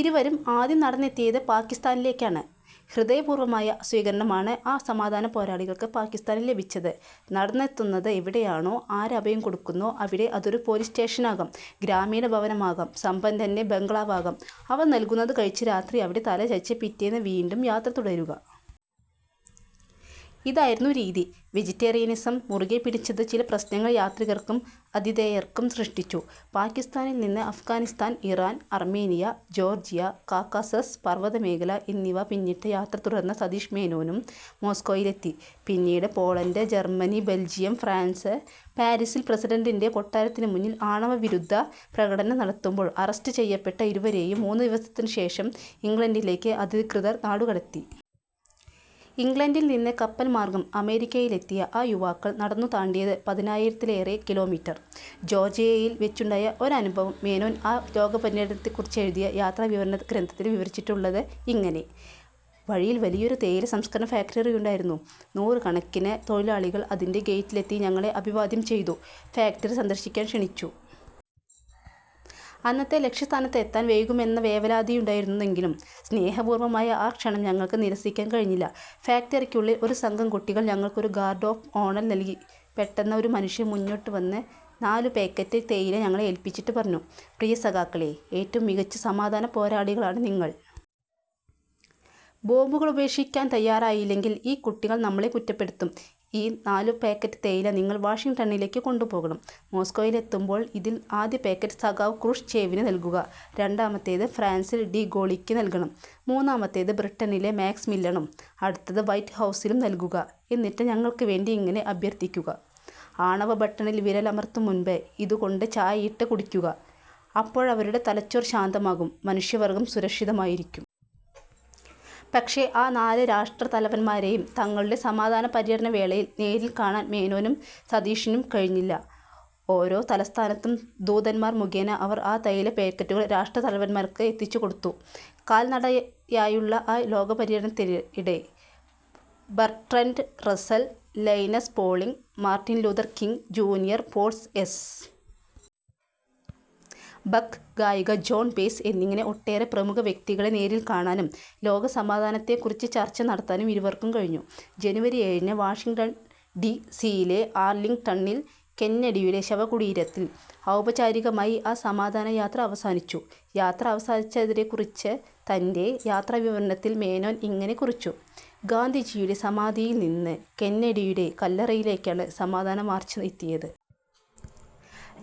ഇരുവരും ആദ്യം നടന്നെത്തിയത് പാകിസ്താനിലേക്കാണ്. ഹൃദയപൂർവമായ സ്വീകരണമാണ് ആ സമാധാന പോരാളികൾക്ക് പാകിസ്താനിൽ ലഭിച്ചത്. നടന്നെത്തുന്നത് എവിടെയാണോ, ആര് അഭയം കൊടുക്കുന്നോ അവിടെ അതൊരു പോലീസ് സ്റ്റേഷനാകാം, ഗ്രാമീണഭവനമാകാം, സമ്പന്നന്റെ ബംഗ്ലാവാകാം അവർ നൽകുന്നത് കഴിച്ച് രാത്രി അവിടെ തലചായ്ച്ച് പിറ്റേന്ന് വീണ്ടും യാത്ര തുടരുക. ഇതായിരുന്നു രീതി. വെജിറ്റേറിയനിസം മുറുകെ പിടിച്ചത് ചില പ്രശ്നങ്ങൾ യാത്രികർക്കും ആതിഥേയർക്കും സൃഷ്ടിച്ചു. പാകിസ്താനിൽനിന്ന് Afghanistan, Iran, Armenia, Georgia, Caucasus പർവ്വതമേഖല എന്നിവ പിന്നിട്ട് യാത്ര തുടർന്ന സതീഷും മേനോനും മോസ്കോയിലെത്തി. പിന്നീട് പോളണ്ട്, ജർമനി, ബെൽജിയം, ഫ്രാൻസ്. പാരിസിൽ പ്രസിഡന്റിന്റെ കൊട്ടാരത്തിന് മുന്നിൽ ആണവവിരുദ്ധ പ്രകടനം നടത്തുമ്പോൾ അറസ്റ്റ് ചെയ്യപ്പെട്ട ഇരുവരെയും മൂന്നുദിവസത്തിന് ശേഷം ഇംഗ്ലണ്ടിലേക്ക് അധികൃതർ നാടുകടത്തി. ഇംഗ്ലണ്ടിൽ നിന്ന് കപ്പൽ മാർഗ്ഗം അമേരിക്കയിലെത്തിയ ആ യുവാക്കൾ നടന്നു താണ്ടിയത് പതിനയ്യായിരത്തിലേറേ കിലോമീറ്റർ. ജോർജിയയിൽ വെച്ചുണ്ടായ ഒരനുഭവം മേനോൻ ആ ലോകപര്യടനത്തെക്കുറിച്ചെഴുതിയ യാത്രാവിവരണ ഗ്രന്ഥത്തിൽ വിവരിച്ചിട്ടുള്ളത് ഇങ്ങനെ. വഴിയിൽ വലിയൊരു തേയില സംസ്ക്കരണ ഫാക്ടറിയുണ്ടായിരുന്നു. നൂറുകണക്കിന് തൊഴിലാളികൾ അതിന്റെ ഗേറ്റിലെത്തി ഞങ്ങളെ അഭിവാദ്യം ചെയ്തു. ഫാക്ടറി സന്ദർശിക്കാൻ ക്ഷണിച്ചു. അന്നത്തെ ലക്ഷ്യസ്ഥാനത്ത് എത്താൻ വൈകുമെന്ന വേവലാതിയുണ്ടായിരുന്നെങ്കിലും, സ്നേഹപൂർവമായ ആ ക്ഷണം ഞങ്ങൾക്ക് നിരസിക്കാൻ കഴിഞ്ഞില്ല. ഫാക്ടറിക്കുള്ളിൽ ഒരുസംഘം കുട്ടികൾ ഞങ്ങൾക്കൊരു ഗാർഡ് ഓഫ് ഓണൽ നൽകിപെട്ടെന്ന് ഒരു മനുഷ്യൻ മുന്നോട്ട് വന്ന് നാലുപാക്കറ്റ് തേയില ഞങ്ങളെ ഏൽപ്പിച്ചിട്ട് പറഞ്ഞു: പ്രിയ സഖാക്കളേ, ഏറ്റവും മികച്ച സമാധാന പോരാളികളാണ് നിങ്ങൾ. ബോംബുകളുപേക്ഷിക്കാൻ തയ്യാറായില്ലെങ്കിൽ ഈ കുട്ടികൾ നമ്മളെ കുറ്റപ്പെടുത്തും. ഈ നാലുപാക്കറ്റ് തേയില നിങ്ങൾ വാഷിങ്ടണിലേക്ക് കൊണ്ടുപോകണം. മോസ്കോയിലെത്തുമ്പോൾ ഇതിൽ ആദ്യ പാക്കറ്റ് സഖാവ് ക്രൂഷ്ച്ചേവിന് നൽകുക, രണ്ടാമത്തേത് ഫ്രാൻസിൽ ഡി ഗോളിക്ക് നൽകണം. മൂന്നാമത്തേത് ബ്രിട്ടനിലെ മാക്മില്ലണും, അടുത്തത് വൈറ്റ്ഹൗസിലും നൽകുക. എന്നിട്ട് ഞങ്ങൾക്ക് വേണ്ടി ഇങ്ങനെ അഭ്യർഥിക്കുക: 'ആണവബട്ടണിൽ വിരലമർത്തുംമുമ്പ് ഇതുകൊണ്ട് ചായയിട്ട് കുടിക്കുക' അപ്പോഴവരുടെ തലച്ചോർ ശാന്തമാകും, മനുഷ്യവർഗം സുരക്ഷിതമായിരിക്കും. ' പക്ഷേ, ആ നാല് രാഷ്ട്രതലവൻമാരെയും തങ്ങളുടെ സമാധാന പര്യടനവേളയിൽ നേരിൽ കാണാൻ മേനോനും സതീഷിനും കഴിഞ്ഞില്ല. ഓരോ തലസ്ഥാനത്തും ദൂതൻമാർ മുഖേന അവർ ആ തേയിലപാക്കറ്റുകൾ രാഷ്ട്രതലവൻമാർക്ക് എത്തിച്ചുകൊടുത്തു. കാൽനടയായുള്ള ആ ലോകപര്യടനത്തിനിടെ Bertrand Russell, Linus Pauling, Martin Luther King Junior, Paul S. Buck, ഗായിക ജോൺ ബേസ് എന്നിങ്ങനെ ഒട്ടേറെ പ്രമുഖ വ്യക്തികളെ നേരിൽ കാണാനും ലോകസമാധാനത്തെക്കുറിച്ച് ചർച്ച നടത്താനും ഇരുവർക്കും കഴിഞ്ഞു. ജനുവരി ഏഴിന് വാഷിങ്ടൺ ഡി സിയിലെ ആർലിങ്ടണിൽ കെന്നഡിയുടെ ശവകുടീരത്തിൽ ഔപചാരികമായി ആ സമാധാന യാത്ര അവസാനിച്ചു. യാത്ര അവസാനിച്ചതിനെക്കുറിച്ച് തന്റെ യാത്രാവിവരണത്തിൽ മേനോൻ ഇങ്ങനെ കുറിച്ചു: 'ഗാന്ധിജിയുടെ സമാധിയിൽനിന്ന് കെന്നഡിയുടെ കല്ലറയിലേക്കാണ് സമാധാന മാർച്ച് എത്തിയത്.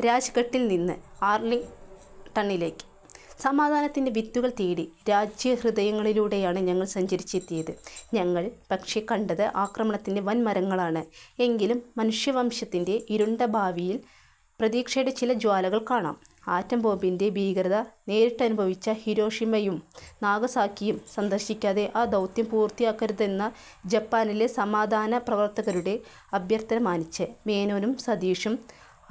രാജ്ഘട്ടിൽനിന്ന് ആർലിങ്ടണിലേക്ക്! സമാധാനത്തിന്റെ വിത്തുകൾ തേടി രാജ്യഹൃദയങ്ങളിലൂടെയാണ് ഞങ്ങൾ സഞ്ചരിച്ചെത്തിയത്. ഞങ്ങൾ പക്ഷേ, കണ്ടത് അക്രമത്തിന്റെ വൻമരങ്ങളാണ്! എങ്കിലും, മനുഷ്യവംശത്തിന്റെ ഇരുണ്ട ഭാവിയിൽ പ്രതീക്ഷയുടെ ചില ജ്വാലകൾ കാണാം'. ആറ്റംബോംബിന്റെ ഭീകരത നേരിട്ടനുഭവിച്ച ഹിരോഷിമയും നാഗസാക്കിയും സന്ദർശിക്കാതെ ആ ദൗത്യം പൂർത്തിയാക്കരുതെന്ന ജപ്പാനിലെ സമാധാന പ്രവർത്തകരുടെ അഭ്യർഥന മാനിച്ച് മേനോനും സതീഷും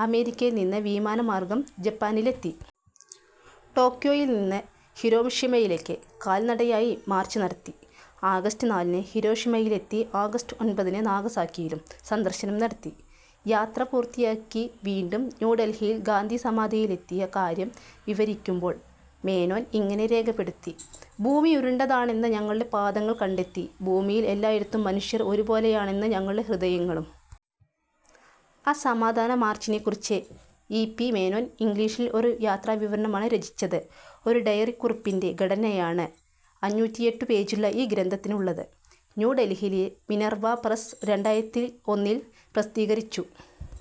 അമേരിക്കയിൽനിന്ന് വിമാനമാർഗ്ഗം ജപ്പാനിലെത്തി. ടോക്യോയിൽനിന്ന് ഹിരോഷിമയിലേക്ക് കാൽനടയായി മാർച്ച് നടത്തി. ആഗസ്റ്റ് നാലിന് ഹിരോഷിമയിലെത്തി ആഗസ്റ്റ് ഒൻപതിന് നാഗസാക്കിയിലും സന്ദർശനം നടത്തി. യാത്ര പൂർത്തിയാക്കി വീണ്ടും ന്യൂഡൽഹിയിൽ ഗാന്ധി സമാധിയിലെത്തിയ കാര്യം വിവരിക്കുമ്പോൾ മേനോൻ ഇങ്ങനെ രേഖപ്പെടുത്തി: 'ഭൂമി ഉരുണ്ടതാണെന്ന് ഞങ്ങളുടെ പാദങ്ങൾ കണ്ടെത്തി, ഭൂമിയിൽ എല്ലായിടത്തും മനുഷ്യർ ഒരുപോലെയാണെന്ന് ഞങ്ങളുടെ ഹൃദയങ്ങളും'. ആ സമാധാന മാർച്ചിനെക്കുറിച്ച് ഇ. പി. മേനോൻ ഇംഗ്ലീഷിൽ ഒരു യാത്രാവിവരണമാണ് രചിച്ചത്. ഒരു ഡയറിക്കുറിപ്പിന്റെ ഘടനയാണ് അഞ്ഞൂറ്റിയെട്ടു പേജുള്ള ഈ ഗ്രന്ഥത്തിനുള്ളത്. ന്യൂഡൽഹിയിലെ മിനർവ പ്രസ്സ് രണ്ടായിരത്തിഒന്നിൽ പ്രസിദ്ധീകരിച്ചു